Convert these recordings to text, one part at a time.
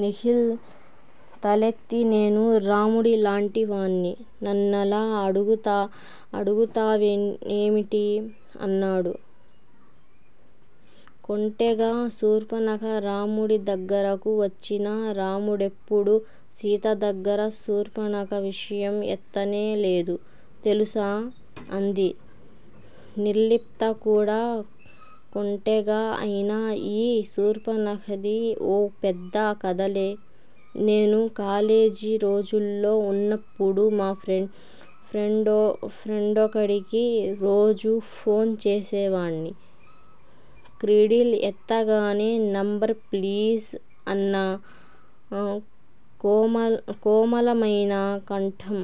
నిఖిల్ తలెత్తి నేను రాముడి లాంటివాన్ని. నన్నలా అడుగుతా వేమిటి? అన్నాడు కొంటెగా. శూర్పనఖ రాముడి దగ్గరకు వచ్చినా రాముడెప్పుడూ సీత దగ్గర శూర్పణఖ విషయం ఎత్తనే లేదు తెలుసా? అంది నిర్లిప్త కూడా కొంటెగా. అయినా ఈ శూర్పనఖది ఓ పెద్ద కథలే! నేను కాలేజీ రోజుల్లో వున్నప్పుడు మా ఫ్రెండొకడికి రోజూ ఫోన్ చేసేవాడ్ని క్రెడిల్ ఎత్తగానే నంబర్ ప్లీజ్ అన్న కోమలమైన కంఠం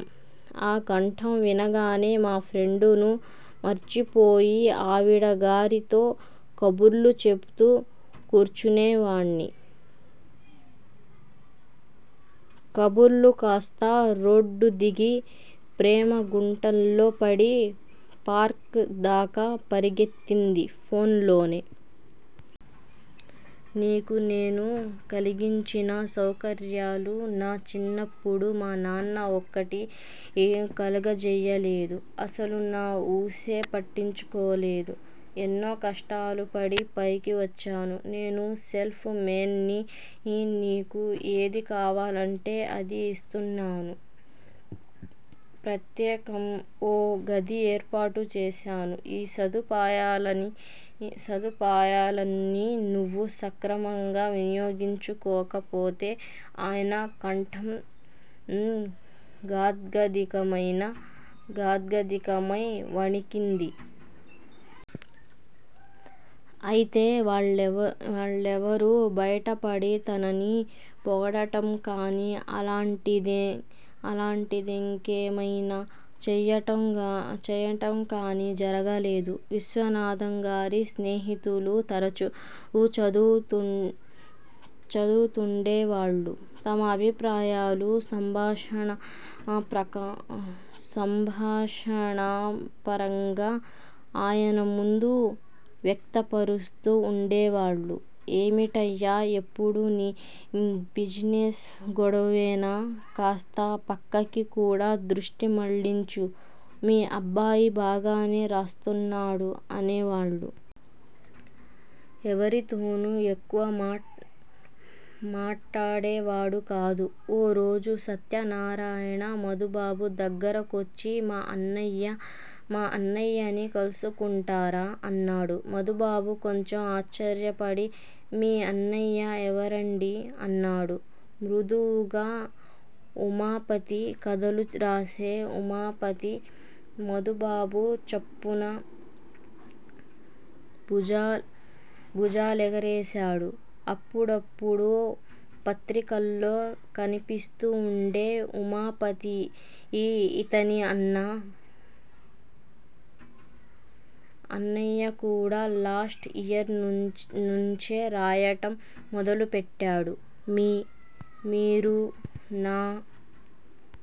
ఆ కంఠం వినగానే మా ఫ్రెండును మర్చిపోయి ఆవిడగారితో కబుర్లు చెపుతూ కూర్చునేవాడ్ని కబుర్లు కాస్త రోడ్డు దిగి ప్రేమ గుంటల్లో పడి పార్క్ దాకా పరిగెత్తింది ఫోన్ లోనే. నీకు నేను కలిగించిన సౌకర్యాలు, నా చిన్నప్పుడు మా నాన్న ఒక్కటీ కలుగజెయ్యలేదు. అసలు నా ఊసే పట్టించుకోలేదు. ఎన్నో కష్టాలుపడి పైకి వచ్చాను. నేను సెల్ఫ్ మేన్ ని. నీకు ఏది కావాలంటే అది యిస్తున్నాను. ప్రత్యేకం ఓ గది ఏర్పాటుచేశాను. ఈ సదుపాయాలన్ని నువ్వు సక్రమంగా వినియోగించుకోకపోతే ఆయన కంఠం గాద్గదికమై వణికింది. అయితే వాళ్ళెవరూ బయటపడి తనని పొగడటంకాని, అలాంటిదింకేమయినా చెయ్యటంకాని జరగలేదు. విశ్వనాథంగారి స్నేహితులు తరచు చదువుతూండేవాళ్లు. తమ అభిప్రాయాలు సంభాషణాపరంగా ఆయనముందు వ్యక్తపరుస్తూ వుండేవాళ్ళు ఏమిటయ్యా ఎప్పుడూ నీ బిజినెస్ గొడవేనా? కాస్త ప్రక్కకి కూడా దృష్టి మళ్ళించు. మీ అబ్బాయి బాగానే రాస్తున్నాడు అనేవాళ్ళు. ఎవరితోనూ ఎక్కువ మాట్టాడేవాడు కాదు. ఓ రోజు సత్యనారాయణ మధుబాబు దగ్గరకొచ్చి మా అన్నయ్యని కలుసుకుంటారా? అన్నాడు. మధుబాబు కొంచెం ఆశ్చర్యపడి మీ అన్నయ్య ఎవరండీ? అన్నాడు మృదువుగా. ఉమాపతి, కథలురాసే ఉమాపతి. మధుబాబు చప్పున భుజాలెగరేశాడు. అప్పుడప్పుడూ పత్రికల్లో కనిపిస్తూ వుండే ఉమాపతి యితని అన్నా? అన్నయ్యకూడా లాస్ట్ ఇయర్ నుంచే రాయటం మొదలుపెట్టాడు. మీరు నా